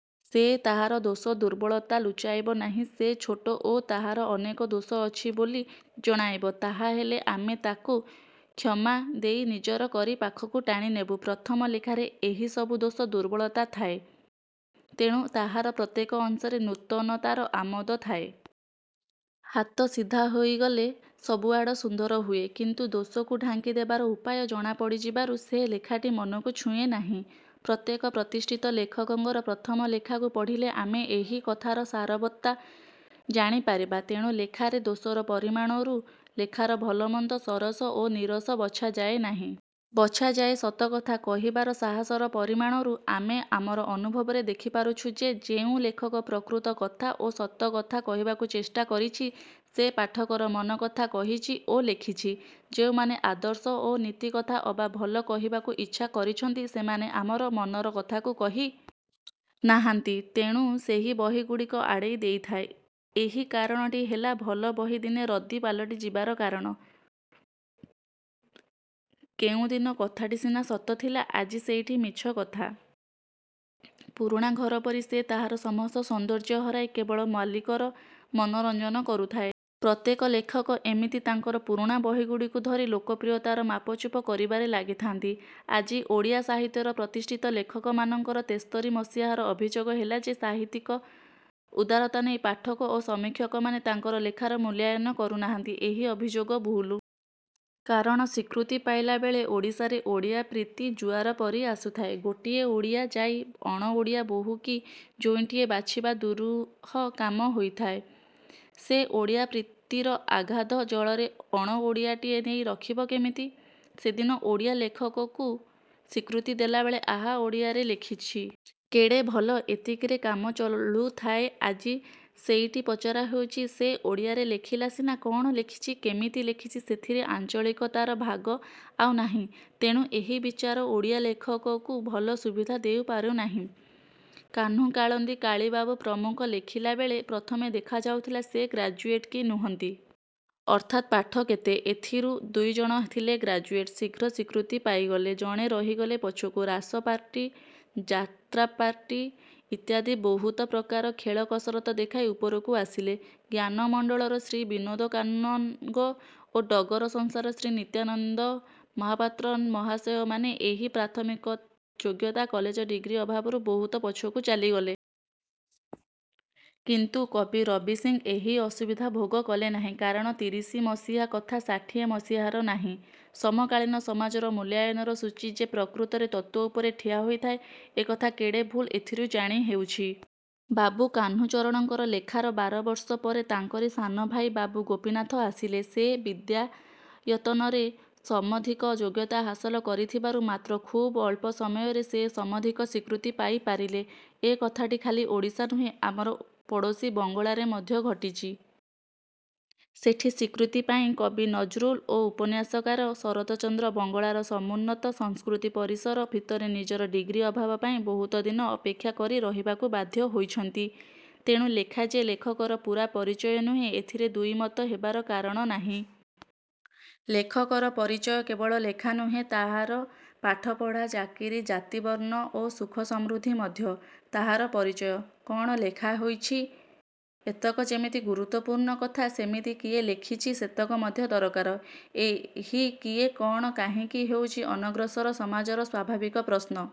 ସେ ତାହାର ଦୋଷ ଦୁର୍ବଳତା ଲୁଚାଇବ ନାହିଁ। ସେ ଛୋଟ ଓ ତାହାର ଅନେକ ଦୋଷ ଅଛି ବୋଲି ଜଣାଇବ। ତାହାହେଲେ ଆମେ ତା'କୁ କ୍ଷମା ଦେଇ ନିଜର କରି ପାଖକୁ ଟାଣିନେବୁ। ପ୍ରଥମ ଲେଖାରେ ଏହି ସବୁ ଦୋଷ ଦୁର୍ବଳତା ଥାଏ। ତେଣୁ ତାହାର ପ୍ରତ୍ୟେକ ଅଂଶରେ ନୂତନତାର ଆମୋଦ ଥାଏ। ହାତ ସିଧା ହେଇଗଲେ ସବୁଆଡ଼ ସୁନ୍ଦର ହୁଏ। କିନ୍ତୁ ଦୋଷକୁ ଢାଙ୍କି ଦେବାର ଉପାୟ ଜଣାପଡ଼ିଯିବାରୁ ସେ ଲେଖାଟି ମନକୁ ଛୁଏଁ ନାହିଁ। ପ୍ରତ୍ୟେକ ପ୍ରତିଷ୍ଠିତ ଲେଖକଙ୍କର ପ୍ରଥମ ଲେଖାକୁ ପଢ଼ିଲେ ଆମେ ଏହି କଥାର ସାରବତ୍ତା ଜାଣି ପାରିବା। ତେଣୁ ଲେଖାରେ ଦୋଷର ପରିମାଣରୁ ଲେଖାର ଭଲମନ୍ଦ ସରସ ଓ ନୀରସ ବଛାଯାଏ ନାହିଁ। ବଛାଯାଏ ସତକଥା କହିବାର ସାହାସର ପରିମାଣରୁ। ଆମେ ଆମର ଅନୁଭବରେ ଦେଖିପାରୁଛୁ ଯେ ଯେଉଁ ଲେଖକ ପ୍ରକୃତ କଥା ଓ ସତ କଥା କହିବାକୁ ଚେଷ୍ଟା କରିଛି ସେ ପାଠକର ମନ କଥା କହିଛି ଓ ଲେଖିଛି। ଯେଉଁମାନେ ଆଦର୍ଶ ଓ ନୀତି କଥା ଅବା ଭଲ କହିବାକୁ ଇଚ୍ଛା କରିଛନ୍ତି ସେମାନେ ଆମର ମନର କଥାକୁ କହି। ନାହାନ୍ତି-। ତେଣୁ ମନ ସେହି ବହିଗୁଡ଼ିକୁ ଆଡ଼େଇ ଦେଇଥାଏ। ଏହି କାରଣଟି ହେଲା ଭଲ ବହି ଦିନେ ରଦ୍ଦି ପାଲଟି ଯିବାର କାରଣ। କେଉଁଦିନ କଥାଟି ସିନା ସତ ଥିଲା। ଆଜି ସେଇଟି ମିଛ କଥା। ପୁରୁଣା ଘର ପରି ସେ ତାହାର ସମସ୍ତ ସୌନ୍ଦର୍ଯ୍ୟ ହରାଇ କେବଳ ମାଲିକର ମନୋରଞ୍ଜନ କରୁଥାଏ। ପ୍ରତ୍ୟେକ ଲେଖକ ଏମିତି ତାଙ୍କର ପୁରୁଣା ବହିଗୁଡ଼ିକୁ ଧରି ଲୋକପ୍ରିୟତାର ମାପଚୁପ କରିବାରେ ଲାଗିଥାନ୍ତି। ଆଜି ଓଡ଼ିଆ ସାହିତ୍ୟର ପ୍ରତିଷ୍ଠିତ ଲେଖକମାନଙ୍କର ତେସ୍ତରି ମସିହାର ଅଭିଯୋଗ ହେଲା ଯେ ସାହିତ୍ୟକ ଉଦାରତା ନେଇ ପାଠକ ଓ ସମୀକ୍ଷକମାନେ ତାଙ୍କର ଲେଖାର ମୂଲ୍ୟାୟନ କରୁନାହାନ୍ତି। ଏହି ଅଭିଯୋଗ ଭୁଲ୍। କାରଣ ସ୍ୱୀକୃତି ପାଇଲାବେଳେ ଓଡ଼ିଶାରେ ଓଡ଼ିଆ ପ୍ରୀତି ଜୁଆର ପରି ଆସୁଥାଏ। ଗୋଟିଏ ଓଡ଼ିଆ ଯାଇ ଅଣଓଡ଼ିଆ ବୋହୂ କି ଜୋଇଁଟିଏ ବାଛିବା ଦୂରୂହ କାମ ହେଇଥାଏ। ସେ ଓଡ଼ିଆ-ପ୍ରୀତିର ଅଗାଧ ଜଳରେ ଅଣଓଡ଼ିଆଟିଏ ନେଇ ରଖିବ କେମିତି? ସେଦିନ ଓଡ଼ିଆ ଲେଖକକୁ ସ୍ୱୀକୃତି ଦେଲାବେଳେ-ଆହା-ଓଡ଼ିଆରେ ଲେଖିଛି? -କେଡ଼େ ଭଲ! ଏତିକିରେ କାମ ଚଳୁଥିଲା। ଆଜି ସେଇଠି ପଚରା ହେଉଛି-ସେ ଓଡ଼ିଆରେ ଲେଖିଲା ସିନା। କ'ଣ ଲେଖିଛି? -କେମିତି ଲେଖିଛି? ସେଥିରେ ଆଞ୍ଚଳିକତାର ଭାଗ ଆଉ ନାହିଁ। ତେଣୁ ଏହି ବିଚାର ଓଡ଼ିଆ ଲେଖକକୁ ଭଲ ସୁବିଧା ଦେଇପାରୁ ନାହିଁ। କାହ୍ନୁ-କାଳିନ୍ଦୀ-କାଳୀବାବୁ ପ୍ରମୁଖ ଲେଖିଲାବେଳେ ପ୍ରଥମେ ଦେଖାଯାଉଥିଲା ସେ ଗ୍ରାଜୁଏଟ୍ କି ନୁହନ୍ତି? ଅର୍ଥାତ୍ ପାଠ କେତେ? ଏଥିରୁ ଦୁଇଜଣ ଥିଲେ ଗ୍ରାଜୁଏଟ୍। ଶୀଘ୍ର ସ୍ୱୀକୃତି ପାଇଗଲେ। ଜଣେ ରହିଗଲେ ପଛକୁ-ରାସପାର୍ଟି, ଯାତ୍ରାପାର୍ଟି ଇତ୍ୟାଦି ବହୁତ ପ୍ରକାରର ଖେଳ କସରତ ଦେଖାଇ ଉପରକୁ ଆସିଲେ। ''ଜ୍ଞାନମଣ୍ଡଳର'' ଶ୍ରୀ ବିନୋଦ କାନନଗୋ ଓ ''ଡଗର'' ସଂସ୍ଥାର ଶ୍ରୀ ନିତ୍ୟାନନ୍ଦ ମହାପାତ୍ର ମହାଶୟମାନେ ଏହି ପ୍ରାଥମିକ ଯୋଗ୍ୟତା କଲେଜ ଡିଗ୍ରୀ ଅଭାବରୁ ବହୁତ ପଛକୁ ଚାଲିଗଲେ। କିନ୍ତୁ କବି ରବି ସିଂ ଏହି ଅସୁବିଧା ଭୋଗ କଲେ ନାହିଁ। କାରଣ ତିରିଶି ମସିହା କଥା ଷାଠିଏ ମସିହାରେ ନାହିଁ। ସମକାଳୀନ ସମାଜର ମୂଲ୍ୟାୟନର ସୂଚୀ ଯେ ପ୍ରକୃତରେ ତତ୍ତ୍ୱ ଉପରେ ଠିଆ ହୋଇଥାଏ ଏ କଥା କେଡ଼େ ଭୁଲ୍ ଏଥିରୁ ଜାଣି ହେଉଛି। ବାବୁ କାହ୍ନୁଚରଣଙ୍କର ଲେଖାର ବାରବର୍ଷ ପରେ ତାଙ୍କରି ସାନଭାଇ ବାବୁ ଗୋପୀନାଥ ଆସିଲେ। ସେ ବିଦ୍ୟାୟତନରେ ସମଧିକ ଯୋଗ୍ୟତା ହାସଲ କରିଥିବାରୁ ମାତ୍ର ଖୁବ୍ ଅଳ୍ପ ସମୟରେ ସେ ସମଧିକ ସ୍ୱୀକୃତି ପାଇ ପାରିଲେ। ଏ କଥାଟି ଖାଲି ଓଡ଼ଶା ନୁହେଁ ଆମର ପଡ଼ୋଶୀ ବଙ୍ଗଳାରେ ମଧ୍ୟ ଘଟିଛି। ସେଠି ସ୍ୱୀକୃତି ପାଇଁ କବି ନଜରୁଲ୍ ଓ ଉପନ୍ୟାସକାର ଶରତ ଚନ୍ଦ୍ର ବଙ୍ଗଳାର ସମୁନ୍ନତ ସଂସ୍କୃତି ପରିସର ଭିତରେ ନିଜର ଡିଗ୍ରୀ ଅଭାବ ପାଇଁ ବହୁତ ଦିନ ଅପେକ୍ଷା କରି ରହିବାକୁ ବାଧ୍ୟ ହେଇଛନ୍ତି। ତେଣୁ ଲେଖା ଯେ ଲେଖକର ପୂରା ପରିଚୟ ନୁହେଁ ଏଥିରେ ଦୁଇ ମତ ହେବାର କାରଣ ନାହିଁ। ଲେଖକର ପରିଚୟ କେବଳ ଲେଖା ନୁହେଁ-ତାହାର ପାଠପଢ଼ା, ଚାକିରି, ଜାତିବର୍ଣ୍ଣ ଓ ସୁଖ ସମୃଦ୍ଧି ମଧ୍ୟ ତାହାର ପରିଚୟ। କ'ଣ ଲେଖା ହୋଇଛି-ଏତକ ଯେମିତି ଗୁରୁତ୍ୱ ପୂର୍ଣ୍ଣ କଥା ସେମିତି କିଏ ଲେଖିଛି? -ସେତକ ମଧ୍ୟ ଦରକାର। ଏହି କିଏ? -କ'ଣ? -କାହିଁକି? -ହେଉଛି ଅନଗ୍ରସର ସମାଜର ସ୍ୱାଭାବିକ ପ୍ରଶ୍ନ।